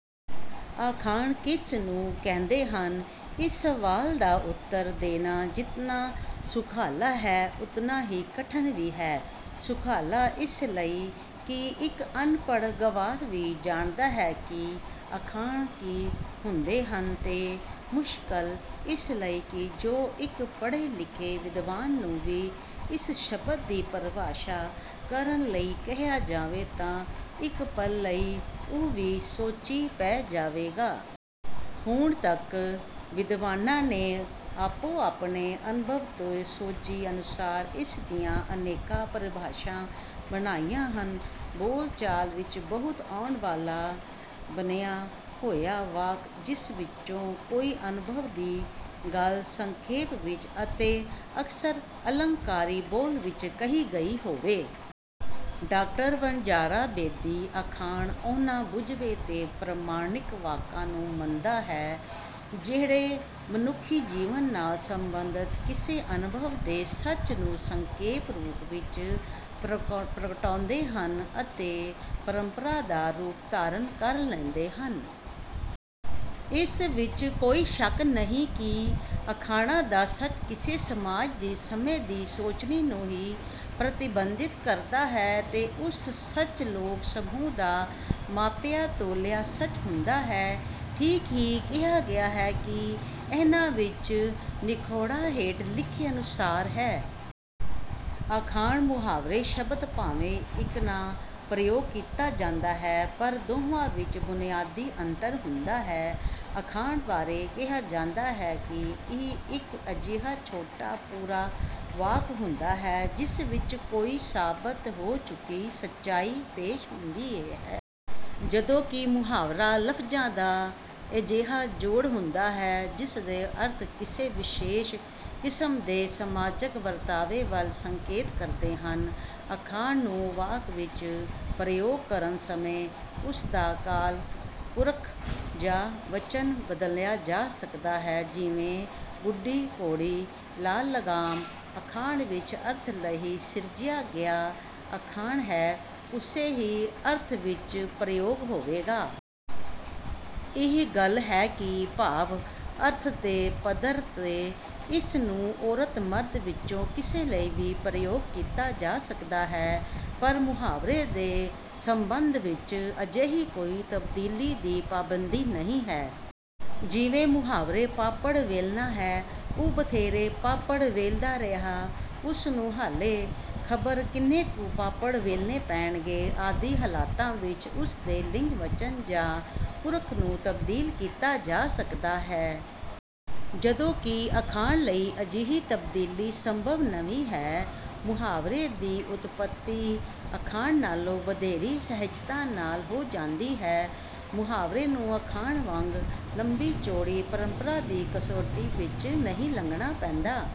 ਅਖਾਣ ਕਿਸ ਨੂੰ ਕਹਿੰਦੇ ਹਨ ਇਸ ਸਵਾਲ ਦਾ ਉੱਤਰ ਦੇਣਾ ਜਿਤਨਾ ਸੁਖਾਲਾ ਹੈ ਉਤਨਾ ਹੀ ਕਠਿਨ ਵੀ ਹੈ। ਸੁਖਾਲਾ ਇਸ ਲਈ ਕਿ ਇੱਕ ਅਨਪੜ੍ਹ ਗੰਵਾਰ ਵੀ ਜਾਣਦਾ ਹੈ ਕਿ ਅਖਾਣ ਕੀ ਹੁੰਦੇ ਹਨ ਤੇ ਮੁਸ਼ਕਲ ਇਸ ਲਈ ਕਿ ਜੇ ਇੱਕ ਪੜ੍ਹੇ ਲਿਖੇ ਵਿਦਵਾਨ ਨੂੰ ਵੀ ਇਸ ਸ਼ਬਦ ਦੀ ਪਰਿਭਾਸ਼ਾ ਕਰਨ ਲਈ ਕਹਿਆ ਜਾਵੇ ਤਾਂ ਇੱਕ ਪਲ ਲਈ ਉਹ ਵੀ ਸੋਚੀ ਪੈ ਜਾਵੇਗਾ। ਹੁਣ ਤੱਕ ਵਿਦਵਾਨਾਂ ਨੇ ਆਪੋ ਆਪਣੇ ਅਨੁਭਵ ਤੇ ਸੋਝੀ ਅਨੁਸਾਰ ਇਸ ਦੀਆਂ ਅਨੇਕਾਂ ਪਰਿਭਾਸ਼ਾਵਾਂ ਬੰਨ੍ਹੀਆਂ ਹਨ। ਬੋਲਚਾਲ ਵਿੱਚ ਬਹੁਤ ਆਉਣ ਵਾਲਾ ਬੰਨ੍ਹਿਆ ਹੋਇਆ ਵਾਕ ਜਿਸ ਵਿੱਚੋ ਕੋਈ ਅਨੁਭਵ ਦੀ ਗੱਲ ਸੰਖੇਪ ਵਿੱਚ ਅਤੇ ਅਕਸਰ ਅਲੰਕਾਰੀ ਬੋਲ ਵਿੱਚ ਕਹੀ ਗਈ ਹੋਵੇ। ਡਾਕਟਰ ਵਣਜਾਰਾ ਬੇਦੀ ਅਖਾਣ ਉਹਨਾਂ ਬੁੱਝਵੇਂ ਤੇ ਪ੍ਰਮਾਣਿਕ ਵਾਕਾਂ ਨੂੰ ਮੰਨਦਾ ਹੈ ਜਿਹੜੇ ਮਨੁੱਖੀ ਜੀਵਨ ਨਾਲ ਸਬੰਧਤ ਕਿਸੇ ਅਨੁਭਵ ਦੇ ਸੱਚ ਨੂੰ ਸੰਖੇਪ ਰੂਪ ਵਿੱਚ ਪ੍ਰਗਟਾਉਂਦੇ ਹਨ ਅਤੇ ਪਰੰਪਰਾ ਦਾ ਰੂਪ ਧਾਰਨ ਕਰ ਲੈਂਦੇ ਹਨ। ਇਸ ਵਿੱਚ ਕੋਈ ਸ਼ੱਕ ਨਹੀਂ ਕਿ ਅਖਾਣਾਂ ਦਾ ਸੱਚ ਕਿਸੇ ਸਮਾਜ ਦੀ ਸਮੇਂ ਦੀ ਸੋਚਣੀ ਨੂੰ ਹੀ ਪ੍ਰਤੀਬਿੰਬਤ ਕਰਦਾ ਹੈ ਤੇ ਉਹ ਸੱਚ ਲੋਕ ਸਮੂਹ ਦਾ ਮਾਪਿਆਂ ਤੋਲਿਆ ਸੱਚ ਹੁੰਦਾ ਹੈ। ਠੀਕ ਹੀ ਕਿਹਾ ਗਿਆ ਹੈ ਕਿ ਇਹਨਾਂ ਵਿੱਚ ਨਿਖੇੜਾ ਹੇਠ ਲਿਖੇ ਅਨੁਸਾਰ ਹੈ। ਅਖਾਣ ਮੁਹਾਵਰੇ ਸ਼ਬਦ ਭਾਵੇਂ ਇਕੱਠਾ ਪ੍ਰਯੋਗ ਕੀਤਾ ਜਾਂਦਾ ਹੈ ਪਰ ਦੋਵਾਂ ਵਿੱਚ ਬੁਨਿਆਦੀ ਅੰਤਰ ਹੁੰਦਾ ਹੈ। ਅਖਾਣ ਬਾਰੇ ਕਿਹਾ ਜਾਂਦਾ ਹੈ ਕਿ ਇਹ ਇੱਕ ਅਜਿਹਾ ਛੋਟਾ ਪੂਰਾ ਵਾਕ ਹੁੰਦਾ ਹੈ ਜਿਸ ਵਿੱਚ ਕੋਈ ਸਾਬਤ ਹੋ ਚੁੱਕੀ ਸੱਚਾਈ ਪੇਸ਼ ਹੁੰਦੀ ਹੈ। ਜਦੋਂ ਕਿ ਮੁਹਾਵਰਾ ਲਫਜ਼ਾਂ ਦਾ ਅਜਿਹਾ ਜੋੜ ਹੁੰਦਾ ਹੈ ਜਿਸ ਦੇ ਅਰਥ ਕਿਸੇ ਵਿਸ਼ੇਸ਼ ਕਿਸਮ ਦੇ ਸਮਾਜਕ ਵਰਤਾਰੇ ਵੱਲ ਸੰਕੇਤ ਕਰਦੇ ਹਨ। ਅਖਾਣ ਨੂੰ ਵਾਕ ਵਿੱਚ ਪ੍ਰਯੋਗ ਕਰਨ ਸਮੇਂ ਉਸ ਦਾ ਕਾਲ ਪੁਰਖ ਜਾਂ ਵਚਨ ਬਦਲਿਆ ਜਾ ਸਕਦਾ ਜਿਵੇਂ ਬੁੱਢੀ ਘੋੜੀ ਲਾਲ ਲਗਾਮ ਅਖਾਣ ਜਿਸ ਅਰਥ ਲਈ ਸਿਰਜਿਆ ਗਿਆ ਅਖਾਣ ਹੈ ਉਸੇ ਹੀ ਅਰਥ ਵਿੱਚ ਪ੍ਰਯੋਗ ਹੋਵੇਗਾ। ਇਹ ਗੱਲ ਹੈ ਕਿ ਭਾਵ ਅਰਥ ਦੇ ਪੱਧਰ ਤੇ ਇਸ ਨੂੰ ਔਰਤ ਮਰਦ ਵਿੱਚੋਂ ਕਿਸੇ ਲਈ ਵੀ ਪ੍ਰਯੋਗ ਕੀਤਾ ਜਾ ਸਕਦਾ ਹੈ ਪਰ ਮੁਹਾਵਰੇ ਦੇ ਸੰਬੰਧ ਵਿੱਚ ਅਜਿਹੀ ਕੋਈ ਤਬਦੀਲੀ ਦੀ ਪਾਬੰਦੀ ਨਹੀਂ ਹੈ। ਜਿਵੇਂ ਮੁਹਾਵਰੇ ਪਾਪੜ ਵੇਲਣਾ ਹੈ। ਉਹ ਬਥੇਰੇ ਪਾਪੜ ਵੇਲਦਾ ਰਿਹਾ ਉਸ ਨੂੰ ਹਾਲੇ ਖਬਰ ਕਿੰਨੇ ਕੁ ਪਾਪੜ ਵੇਲਣੇ ਪੈਣਗੇ ਆਦਿ ਹਾਲਤਾਂ ਵਿੱਚ ਉਸ ਦੇ ਲਿੰਗ ਵਚਨ ਜਾਂ ਪੁਰਖ ਨੂੰ ਤਬਦੀਲ ਕੀਤਾ ਜਾ ਸਕਦਾ ਹੈ। ਜਦੋਂ ਕਿ ਅਖਾਣ ਲਈ ਅਜਿਹੀ ਤਬਦੀਲੀ ਸੰਭਵ ਨਹੀਂ ਹੈ। ਮੁਹਾਵਰੇ ਦੀ ਉਤਪੱਤੀ ਅਖਾਣ ਨਾਲੋਂ ਵਧੇਰੇ ਸਹਿਜਤਾ ਨਾਲ ਹੋ ਜਾਂਦੀ ਹੈ। ਮੁਹਾਵਰੇ ਨੂੰ ਅਖਾਣ ਵਾਂਗ ਲੰਬੀ ਚੌੜੀ ਪਰੰਪਰਾ ਦੀ ਕਸਵੱਟੀ ਵਿੱਚ ਨਹੀਂ ਲੰਘਦਾ ਪੈਂਦਾ।